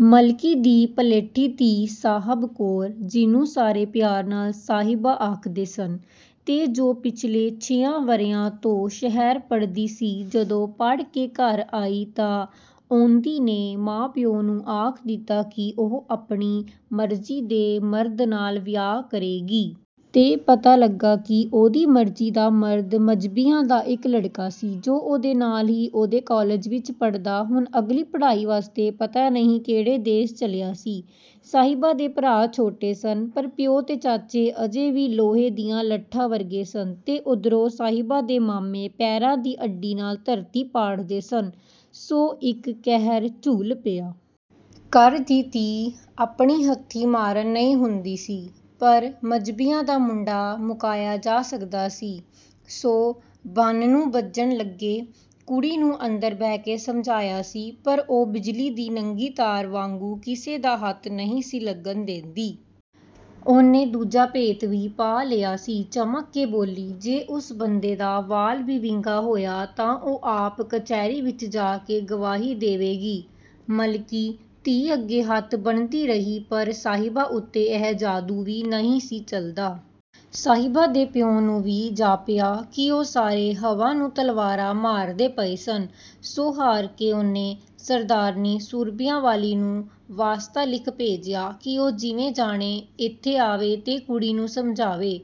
ਮਲਕੀ ਦੀ ਪਲੇਠੀ ਧੀ ਸਾਹਬ ਕੌਰ, ਜਿਹਨੂੰ ਸਾਰੇ ਪਿਆਰ ਨਾਲ ਸਾਹਿਬਾਂ ਆਖਦੇ ਸਨ, ਤੇ ਜੋ ਪਿਛਲੇ ਛੇਆਂ ਵਰ੍ਹਿਆਂ ਤੋਂ ਸ਼ਹਿਰ ਪੜ੍ਹਦੀ ਸੀ, ਜਦੋਂ ਪੜ੍ਹ ਕੇ ਘਰ ਆਈ ਤਾਂ ਔਂਦੀ ਨੇ ਮਾਂ ਪਿਉ ਨੂੰ ਆਖ ਦਿੱਤਾ ਕਿ ਉਹ ਆਪਣੀ ਮਰਜ਼ੀ ਦੇ ਮਰਦ ਨਾਲ ਵਿਆਹ ਕਰੇਗੀ। ਤੇ ਪਤਾ ਲੱਗਾ ਕਿ ਉਹਦੀ ਮਰਜ਼ੀ ਦਾ ਮਰਦ ਮਜ਼੍ਹਬੀਆਂ ਦਾ ਇਕ ਲੜਕਾ ਸੀ, ਜੋ ਉਹਦੇ ਨਾਲ ਹੀ ਉਹਦੇ ਕਾਲਜ ਵਿਚ ਪੜ੍ਹਦਾ ਹੁਣ ਅਗਲੀ ਪੜ੍ਹਾਈ ਵਾਸਤੇ ਪਤਾ ਨਹੀਂ ਕਿਹੜੇ ਦੇਸ ਚੱਲਿਆ ਸੀ… ਸਾਹਿਬਾਂ ਦੇ ਭਰਾ ਛੋਟੇ ਸਨ, ਪਰ ਪਿਉ ਤੇ ਚਾਚੇ ਅਜੇ ਵੀ ਲੋਹੇ ਦੀਆਂ ਲੱਠਾਂ ਵਰਗੇ ਸਨ, ਤੇ ਉਧਰੋਂ ਸਾਹਿਬਾਂ ਦੇ ਮਾਮੇ ਪੈਰਾਂ ਦੀ ਅੱਡੀ ਨਾਲ ਧਰਤੀ ਪਾੜਦੇ ਸਨ, ਸੋ ਇਕ ਕਹਿਰ ਝੁੱਲ ਪਿਆ। ਘਰ ਦੀ ਧੀ ਆਪਣੀ ਹੱਥੀਂ ਮਾਰਣ ਨਹੀਂ ਸੀ ਹੁੰਦੀ, ਪਰ ਮਜ਼੍ਹਬੀਆਂ ਦਾ ਮੁੰਡਾ ਮੁਕਾਇਆ ਜਾ ਸਕਦਾ ਸੀ। ਸੋ ਬਾਨ੍ਹਣੂ ਬੱਝਣ ਲੱਗੇ। ਕੁੜੀ ਨੂੰ ਅੰਦਰ ਬਹਿ ਕੇ ਸਮਝਾਇਆ ਸੀ, ਪਰ ਉਹ ਬਿਜਲੀ ਦੀ ਨੰਗੀ ਤਾਰ ਵਾਂਗੂੰ ਕਿਸੇ ਦਾ ਹੱਥ ਨਹੀਂ ਸੀ ਲੱਗਣ ਦੇਂਦੀ। ਉਹਨੇ ਦੂਜਾ ਭੇਤ ਵੀ ਪਾ ਲਿਆ ਸੀ – ਚਮਕ ਕੇ ਬੋਲੀ "ਜੇ ਉਸ ਬੰਦੇ ਦਾ ਵਾਲ ਵੀ ਵਿੰਗਾ ਹੋਇਆ ਤਾਂ ਉਹ ਆਪ ਕਚਿਹਰੀ ਵਿਚ ਜਾ ਕੇ ਗਵਾਹੀ ਦੇਵੇਗੀ" ਮਲਕੀ, ਧੀ ਅੱਗੇ ਹੱਥ ਬੰਨ੍ਹਦੀ ਰਹੀ, ਪਰ ਸਾਹਿਬਾਂ ਉਤੇ ਇਹ ਜਾਦੂ ਵੀ ਨਹੀਂ ਸੀ ਚਲਦਾ। ਸਾਹਿਬਾਂ ਦੇ ਪਿਉ ਨੂੰ ਵੀ ਜਾਪਿਆ – ਕਿ ਉਹ ਸਾਰੇ ਹਵਾ ਨੂੰ ਤਲਵਾਰਾਂ ਮਾਰਦੇ ਪਏ ਸਨ। ਸੋ ਹਾਰ ਕੇ ਉਹਨੇ ਸਰਦਾਰਨੀ ਮੁਰੱਬਿਆਂ ਵਾਲੀ ਨੂੰ ਵਾਸਤਾ ਲਿਖ ਭੇਜਿਆ ਕਿ ਉਹ ਜਿਵੇਂ ਜਾਣੇ, ਇਥੇ ਆਵੇ ਤੇ ਕੁੜੀ ਨੂੰ ਸਮਝਾਵੇ,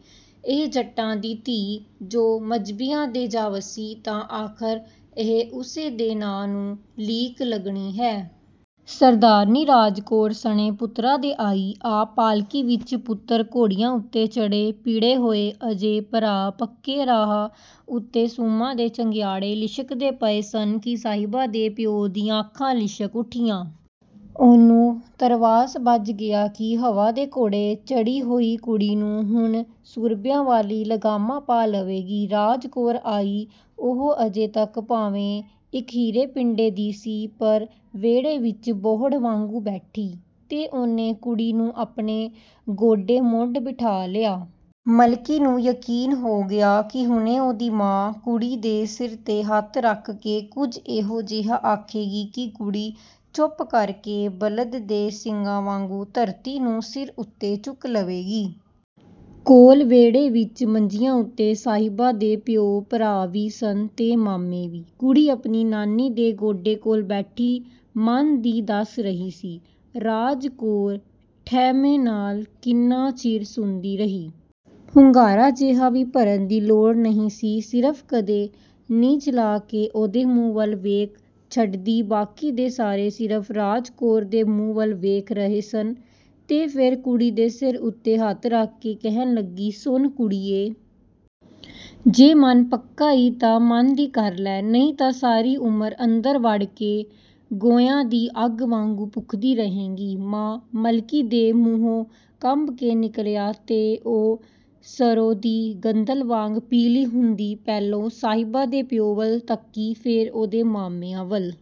ਇਹ ਜੱਟਾਂ ਦੀ ਧੀ ਜੇ ਮਜ਼੍ਹਬੀਆਂ ਦੇ ਜਾ ਵੱਸੀ, ਤਾਂ ਆਖਰ ਇਹ ਉਸੇ ਦੇ ਨਾਂ ਨੂੰ ਲੀਕ ਲੱਗਣੀ ਹੈ.. ਸਰਦਾਰਨੀ ਰਾਜ ਕੌਰ ਸਣੇ ਪੁੱਤਰਾਂ ਦੇ ਆਈ। ਆਪ ਪਾਲਕੀ ਵਿਚ, ਪੁੱਤਰ ਘੋੜਿਆਂ ਉਤੇ ਚੜ੍ਹੇ ਪੀੜੇ ਹੋਏ। ਅਜੇ ਪਰ੍ਹਾਂ ਪੱਕੇ ਰਾਹ ਉਤੇ ਸੁੰਮਾਂ ਦੇ ਚੰਗਿਆੜੇ ਲਿਸ਼ਕਦੇ ਪਏ ਸਨ ਕਿ ਸਾਹਿਬਾਂ ਦੇ ਪਿਉ ਦੀਆਂ ਅੱਖਾਂ ਲਿਸ਼ਕ ਉਠੀਆਂ। ਉਹਨੂੰ ਧਰਵਾਸ ਬੱਝ ਗਿਆ ਕਿ ਹਵਾ ਦੇ ਘੋੜੇ ਚੜ੍ਹੀ ਹੋਈ ਕੁੜੀ ਨੂੰ ਹੁਣ ਮੁਰੱਬਿਆਂ ਵਾਲੀ ਲਗਾਮਾਂ ਪਾ ਲਵੇਗੀ। ਰਾਜ ਕੌਰ ਆਈ, ਉਹ ਅਜੇ ਤੱਕ ਭਾਵੇਂ ਇਕਹਿਰੇ ਪਿੰਡੇ ਦੀ ਸੀ, ਪਰ ਵੇਹੜੇ ਵਿਚ ਬੋਹੜ ਵਾਂਗੂੰ ਬੈਠੀ, ਤੇ ਉਹਨੇ ਕੁੜੀ ਨੂੰ ਆਪਣੇ ਗੋਡੇ ਮੁੱਢ ਬਿਠਾ ਲਿਆ। ਮਲਕੀ ਨੂੰ ਯਕੀਨ ਹੋ ਗਿਆ ਕਿ ਹੁਣੇ ਉਹਦੀ ਮਾਂ – ਕੁੜੀ ਦੇ ਸਿਰ ਤੇ ਹੱਥ ਰੱਖ ਕੇ ਕੁਝ ਇਹੋ ਜਿਹਾ ਆਖੇਗੀ ਕਿ ਕੁੜੀ ਚੁੱਪ ਕਰ ਕੇ ਬਲਦ ਦੇ ਸਿੰਗਾਂ ਵਾਂਗੂੰ ਧਰਤੀ ਨੂੰ ਸਿਰ ਉਤੇ ਚੁੱਕ ਲਵੇਗੀ.. ਕੋਲ ਵੇਹੜੇ ਵਿਚ ਮੰਜੀਆਂ ਉਤੇ ਸਾਹਿਬਾਂ ਦੇ ਪਿਉ ਭਰਾ ਵੀ ਸਨ ਤੇ ਮਾਮੇ ਵੀ। ਕੁੜੀ ਆਪਣੀ ਨਾਨੀ ਦੇ ਗੋਡੇ ਕੋਲ ਬੈਠੀ ਮਨ ਦੀ ਦੱਸ ਰਹੀ ਸੀ। ਰਾਜ ਕੌਰ ਠਰ੍ਹੰਮੇ ਨਾਲ ਕਿੰਨਾ ਚਿਰ ਸੁਣਦੀ ਰਹੀ। ਹੁੰਗਾਰਾ ਜਿਹਾ ਵੀ ਭਰਨ ਦੀ ਲੋੜੀ ਨਹੀਂ ਸੀ, ਸਿਰਫ ਕਦੇ ਨੀਝ ਲਾ ਕੇ ਉਹਦੇ ਮੂੰਹ ਵੱਲ ਵੇਖ ਛੱਡਦੀ। ਬਾਕੀ ਦੇ ਸਾਰੇ ਸਿਰਫ਼ ਰਾਜ ਕੌਰ ਦੇ ਮੂੰਹ ਵੱਲ ਵੇਖ ਰਹੇ ਸਨ। ਤੇ ਫੇਰ ਕੁੜੀ ਦੇ ਸਿਰ ਉਤੇ ਹੱਥ ਰੱਖ ਕੇ ਕਹਿਣ ਲੱਗੀ – "ਸੁਣ ਕੁੜੀਏ! ਜੇ ਮਨ ਪੱਕਾ ਈ, ਤਾਂ ਮਨ ਦੀ ਕਰ ਲੈ! ਨਹੀਂ ਤਾ ਸਾਰੀ ਉਮਰ ਅੰਦਰ ਵੜ ਕੇ ਗੋਹਿਆਂ ਦੀ ਅੱਗ ਵਾਂਗੂੰ ਧੁਖਦੀ ਰਹੇਂਗੀ" "ਮਾਂ! " ਮਲਕੀ ਦੇ ਮੂੰਹੋਂ ਕੰਬ ਕੇ ਨਿਕਲਿਆ ਤੇ ਉਹ ਸਰ੍ਹੋਂ ਦੀ ਗੰਦਲ ਵਾਂਗ ਪੀਲੀ ਹੁੰਦੀ ਪਹਿਲੋਂ ਸਾਹਿਬਾਂ ਦੇ ਪਿਉ ਵੱਲ ਤੱਕੀ ਫੇਰ ਉਹਦੇ ਮਾਮਿਆਂ ਵੱਲ।